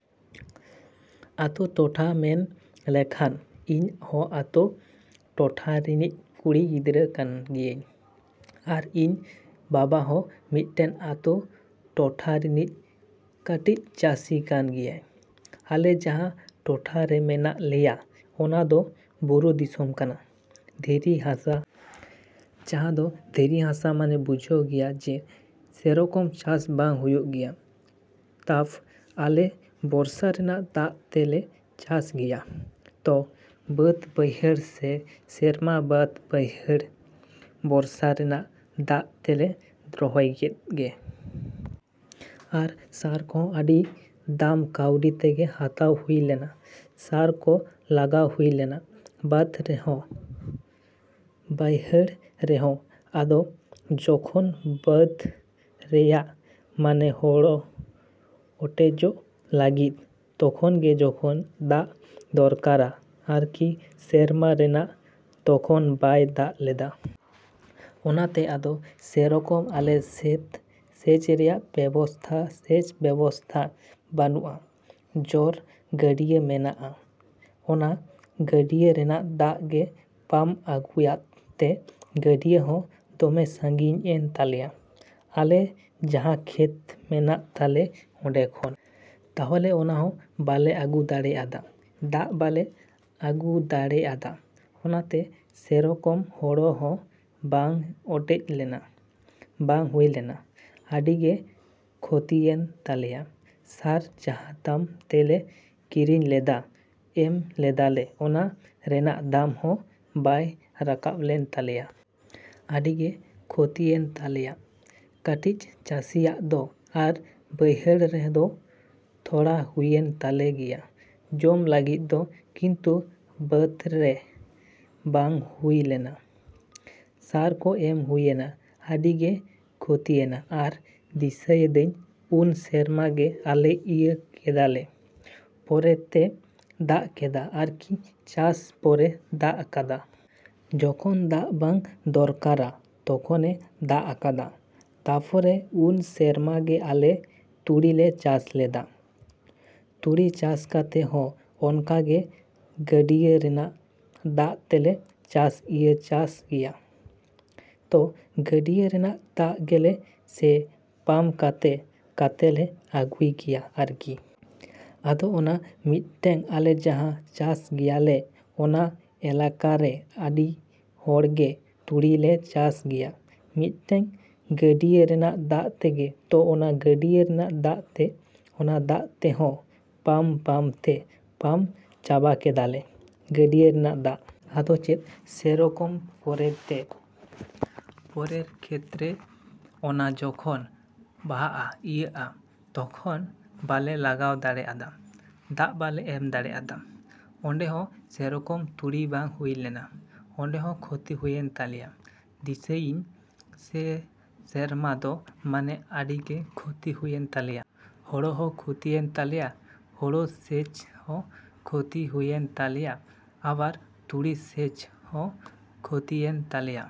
ᱟᱛᱳ ᱴᱚᱴᱷᱟ ᱢᱮᱱ ᱞᱮᱠᱷᱟᱱ ᱤᱧ ᱦᱚᱸ ᱟᱛᱳ ᱴᱚᱴᱷᱟ ᱨᱤᱱᱤᱡ ᱠᱩᱲᱤ ᱜᱤᱫᱽᱨᱟᱹ ᱠᱟᱱ ᱜᱤᱭᱟᱹᱧ ᱟᱨ ᱤᱧ ᱵᱟᱵᱟ ᱦᱚᱸ ᱢᱤᱫᱴᱮᱱ ᱟᱛᱳ ᱴᱚᱴᱷᱟ ᱨᱤᱱᱤᱡ ᱠᱟᱹᱴᱤᱡ ᱪᱟᱹᱥᱤ ᱠᱟᱱ ᱜᱮᱭᱟᱭ᱾ ᱟᱞᱮ ᱡᱟᱦᱟᱸ ᱴᱚᱴᱷᱟ ᱨᱮ ᱢᱮᱱᱟᱜ ᱞᱮᱭᱟ ᱚᱱᱟ ᱫᱚ ᱵᱩᱨᱩ ᱫᱤᱥᱚᱢ ᱠᱟᱱᱟ, ᱫᱷᱤᱨᱤ ᱦᱟᱥᱟ᱾ ᱡᱟᱦᱟᱸ ᱫᱚ ᱫᱷᱤᱨᱤ ᱦᱟᱥᱟ ᱢᱟᱱᱮ ᱵᱩᱡᱷᱟᱹᱣ ᱜᱮᱭᱟ ᱡᱮ ᱥᱮᱨᱚᱠᱚᱢ ᱪᱟᱥ ᱵᱟᱝ ᱦᱩᱭᱩᱜ ᱜᱮᱭᱟ᱾ ᱛᱟᱵᱽ ᱟᱞᱮ ᱵᱚᱨᱥᱟ ᱨᱮᱱᱟᱜ ᱫᱟᱜ ᱛᱮᱞᱮ ᱪᱟᱥ ᱜᱮᱭᱟ᱾ ᱛᱚ ᱵᱟᱸᱫᱽ ᱵᱟᱹᱭᱦᱟᱹᱲ ᱥᱮ ᱥᱮᱨᱢᱟ ᱵᱟᱹᱫᱽ ᱵᱟᱹᱭᱦᱟᱹᱲ ᱵᱚᱨᱥᱟ ᱨᱮᱱᱟᱜ ᱫᱟᱜ ᱛᱮᱞᱮ ᱨᱚᱦᱚᱭ ᱠᱮᱫ ᱜᱮ᱾ ᱟᱨ ᱥᱟᱨ ᱠᱚᱦᱚᱸ ᱟᱹᱰᱤ ᱫᱟᱢ ᱠᱟᱹᱣᱰᱤ ᱛᱮᱜᱮ ᱦᱟᱛᱟᱣ ᱦᱩᱭ ᱞᱮᱱᱟ᱾ ᱥᱟᱨ ᱠᱚ ᱞᱟᱜᱟᱣ ᱦᱩᱭ ᱞᱮᱱᱟ ᱵᱟᱸᱫᱽ ᱨᱮᱦᱚᱸ ᱵᱟᱹᱭᱦᱟᱹᱲ ᱨᱮᱦᱚᱸ᱾ ᱟᱫᱚ ᱡᱚᱠᱷᱚᱱ ᱵᱟᱹᱫᱽ ᱨᱮᱭᱟᱜ ᱢᱟᱱᱮ ᱦᱚᱲᱚ ᱚᱴᱮᱡᱚᱜ ᱞᱟᱹᱜᱤᱫ ᱛᱚᱠᱷᱚᱱ ᱜᱮ ᱡᱚᱠᱷᱚᱱ ᱫᱟᱜ ᱫᱚᱨᱠᱟᱨᱟ ᱟᱨᱠᱤ ᱥᱮᱨᱢᱟ ᱨᱮᱱᱟᱜ, ᱛᱚᱠᱷᱚᱱ ᱵᱟᱭ ᱫᱟᱜ ᱞᱮᱫᱟ᱾ ᱚᱱᱟᱛᱮ ᱟᱫᱚ ᱥᱮᱨᱚᱠᱚᱢ ᱟᱞᱮ ᱥᱮᱫ ᱥᱮᱪ ᱨᱮᱭᱟᱜ ᱵᱮᱵᱚᱥᱛᱷᱟ, ᱥᱮᱪ ᱵᱮᱵᱚᱥᱛᱷᱟ ᱵᱟᱹᱱᱩᱜᱼᱟ᱾ ᱡᱚᱨ ᱜᱟᱹᱰᱭᱟᱹ ᱢᱮᱱᱟᱜᱼᱟ, ᱚᱱᱟ ᱜᱟᱹᱰᱭᱟᱹ ᱨᱮᱱᱟᱜ ᱫᱟᱜ ᱜᱮ ᱯᱟᱢ ᱟᱹᱜᱩᱭᱟᱫ ᱛᱮ ᱜᱟᱹᱰᱭᱟᱹ ᱦᱚᱸ ᱫᱚᱢᱮ ᱥᱟᱹᱜᱤᱧ ᱮᱱ ᱛᱟᱞᱮᱭᱟ ᱟᱞᱮ ᱡᱟᱦᱟᱸ ᱠᱷᱮᱛ ᱢᱮᱱᱟᱜ ᱛᱟᱞᱮ ᱚᱸᱰᱮ ᱠᱷᱚᱱ᱾ ᱛᱟᱦᱚᱞᱮ ᱚᱱᱟ ᱦᱚᱸ ᱵᱟᱞᱮ ᱟᱹᱜᱩ ᱫᱟᱲᱮ ᱟᱫᱟ, ᱫᱟᱜ ᱵᱟᱞᱮ ᱟᱹᱜᱩ ᱫᱟᱲᱮ ᱟᱫᱟ᱾ ᱚᱱᱟᱛᱮ ᱥᱮᱨᱚᱠᱚᱢ ᱦᱚᱲᱚ ᱦᱚᱸ ᱵᱟᱝ ᱚᱴᱮᱡ ᱞᱮᱱᱟ, ᱵᱟᱝ ᱦᱩᱭ ᱞᱮᱱᱟ᱾ ᱟᱹᱰᱤ ᱜᱮ ᱠᱷᱚᱛᱤᱭᱮᱱ ᱛᱟᱞᱮᱭᱟ᱾ ᱥᱟᱨ ᱡᱟᱦᱟᱸ ᱫᱟᱢ ᱛᱮᱞᱮ ᱠᱤᱨᱤᱧ ᱞᱮᱫᱟ, ᱮᱢ ᱞᱮᱫᱟᱞᱮ, ᱚᱱᱟ ᱨᱮᱱᱟᱜ ᱫᱟᱢ ᱦᱚᱸ ᱵᱟᱝ ᱨᱟᱠᱟᱵᱽ ᱞᱮᱱ ᱛᱟᱞᱮᱭᱟ᱾ ᱟᱹᱰᱤ ᱜᱮ ᱠᱷᱚᱛᱤᱭᱮᱱ ᱛᱟᱞᱮᱭᱟ ᱠᱟᱹᱴᱤᱡ ᱪᱟᱹᱥᱤᱭᱟᱜ ᱫᱚ᱾ ᱟᱨ ᱵᱟᱹᱭᱦᱟᱹᱲ ᱨᱮᱫᱚ ᱛᱷᱚᱲᱟ ᱦᱩᱭᱮᱱ ᱛᱟᱞᱮ ᱜᱮᱭᱟ ᱡᱚᱢ ᱞᱟᱹᱜᱤᱫ ᱫᱚ ᱠᱤᱱᱛᱩ ᱵᱟᱸᱫᱽ ᱨᱮ ᱵᱟᱝ ᱦᱩᱭ ᱞᱮᱱᱟ᱾ ᱥᱟᱨ ᱠᱚ ᱮᱢ ᱦᱩᱭᱮᱱᱟ, ᱟᱹᱰᱤ ᱜᱮ ᱠᱷᱚᱛᱤᱭᱮᱱᱟ᱾ ᱟᱨ ᱫᱤᱥᱟᱹᱭᱮᱫᱟᱹᱧ ᱩᱱ ᱥᱮᱨᱢᱟ ᱜᱮ ᱟᱞᱮ ᱤᱭᱟᱹ ᱠᱮᱫᱟ ᱞᱮ, ᱯᱚᱨᱮ ᱛᱮ ᱫᱟᱜ ᱠᱮᱫᱟ ᱟᱨᱠᱤ, ᱪᱟᱥ ᱯᱚᱨᱮ ᱫᱟᱜ ᱟᱠᱟᱫᱟ᱾ ᱡᱚᱠᱷᱚᱱ ᱫᱟᱜ ᱵᱟᱝ ᱫᱚᱨᱠᱟᱨᱟ ᱛᱚᱠᱷᱚᱱᱮ ᱫᱟᱜ ᱟᱠᱟᱫᱟ᱾ ᱛᱟᱯᱚᱨᱮ ᱩᱱ ᱥᱮᱨᱢᱟ ᱜᱮ ᱟᱞᱮ ᱛᱩᱲᱤ ᱞᱮ ᱪᱟᱥ ᱞᱮᱫᱟ᱾ ᱛᱩᱲᱤ ᱪᱟᱥ ᱠᱟᱛᱮ ᱦᱚᱸ ᱚᱱᱠᱟ ᱜᱮ ᱜᱟᱹᱰᱭᱟᱹ ᱨᱮᱱᱟᱜ ᱫᱟᱜ ᱛᱮᱞᱮ ᱪᱟᱥ ᱤᱭᱟᱹ ᱪᱟᱥ ᱜᱮᱭᱟ᱾ ᱛᱚ ᱜᱟᱹᱰᱭᱟᱹ ᱨᱮᱱᱟᱜ ᱫᱟᱜ ᱜᱮᱞᱮ ᱥᱮ ᱯᱟᱢ ᱠᱟᱛᱮ ᱠᱟᱛᱮᱞᱮ ᱟᱹᱜᱩᱭ ᱜᱮᱭᱟ ᱟᱨᱠᱤ᱾ ᱟᱫᱚ ᱚᱱᱟ ᱢᱤᱫᱴᱮᱱ ᱟᱞᱮ ᱡᱟᱦᱟᱸ ᱪᱟᱥ ᱜᱮᱭᱟᱞᱮ ᱚᱱᱟ ᱮᱞᱟᱠᱟᱨᱮ ᱟᱹᱰᱤ ᱦᱚᱲ ᱜᱮ ᱛᱩᱲᱤ ᱞᱮ ᱪᱟᱥ ᱜᱮᱭᱟ ᱢᱤᱫᱴᱮᱱ ᱜᱟᱹᱰᱭᱟᱹ ᱨᱮᱱᱟᱜ ᱫᱟᱜ ᱛᱮᱜᱮ᱾ ᱛᱚ ᱚᱱᱟ ᱜᱟᱹᱰᱭᱟᱹ ᱨᱮᱱᱟᱜ ᱫᱟᱜ ᱛᱮ, ᱚᱱᱟ ᱫᱟᱜ ᱛᱮᱦᱚᱸ ᱯᱟᱢᱼᱯᱟᱢ ᱛᱮ ᱯᱟᱢ ᱪᱟᱵᱟ ᱠᱮᱫᱟ ᱞᱮ ᱜᱟᱹᱰᱭᱟᱹ ᱨᱮᱱᱟᱜ ᱫᱟᱜ᱾ ᱟᱫᱚ ᱪᱮᱫ ᱥᱮᱨᱚᱠᱚᱢ ᱯᱚᱨᱮ ᱛᱮ, ᱯᱚᱨᱮᱨ ᱠᱷᱮᱛᱨᱮ ᱚᱱᱮ ᱡᱚᱠᱷᱚᱱ ᱵᱟᱦᱟᱜᱼᱟ, ᱤᱭᱟᱹᱜᱼᱟ, ᱛᱚᱠᱷᱚᱱ ᱵᱟᱞᱮ ᱞᱟᱜᱟᱣ ᱫᱟᱲᱮ ᱟᱫᱟ, ᱫᱟᱜ ᱵᱟᱞᱮ ᱮᱢ ᱫᱟᱲᱮ ᱟᱫᱟ᱾ ᱚᱸᱰᱮᱦᱚᱸ ᱥᱮᱨᱚᱠᱚᱢ ᱛᱩᱲᱤ ᱵᱟᱝ ᱦᱩᱭ ᱞᱮᱱᱟ᱾ ᱚᱸᱰᱮᱦᱚᱸ ᱠᱷᱚᱛᱤ ᱦᱩᱭᱮᱱ ᱛᱟᱞᱮᱭᱟ᱾ ᱫᱤᱥᱟᱹᱤᱧ ᱥᱮ ᱥᱮᱨᱢᱟ ᱫᱚ ᱢᱟᱱᱮ ᱟᱹᱰᱤ ᱜᱮ ᱠᱷᱚᱛᱤ ᱦᱩᱭᱮᱱ ᱛᱟᱞᱮᱭᱟ᱾ ᱦᱳᱲᱳ ᱦᱚᱸ ᱠᱷᱚᱛᱤᱭᱮᱱ ᱛᱟᱞᱮᱭᱟ, ᱦᱳᱲᱳ ᱥᱮᱪ ᱦᱚᱸ ᱠᱷᱚᱛᱤ ᱦᱩᱭᱮᱱ ᱛᱟᱞᱮᱭᱟ, ᱟᱵᱟᱨ ᱛᱩᱲᱤ ᱥᱮᱪ ᱦᱚᱸ ᱠᱷᱚᱛᱤᱭᱮᱱ ᱛᱟᱞᱮᱭᱟ᱾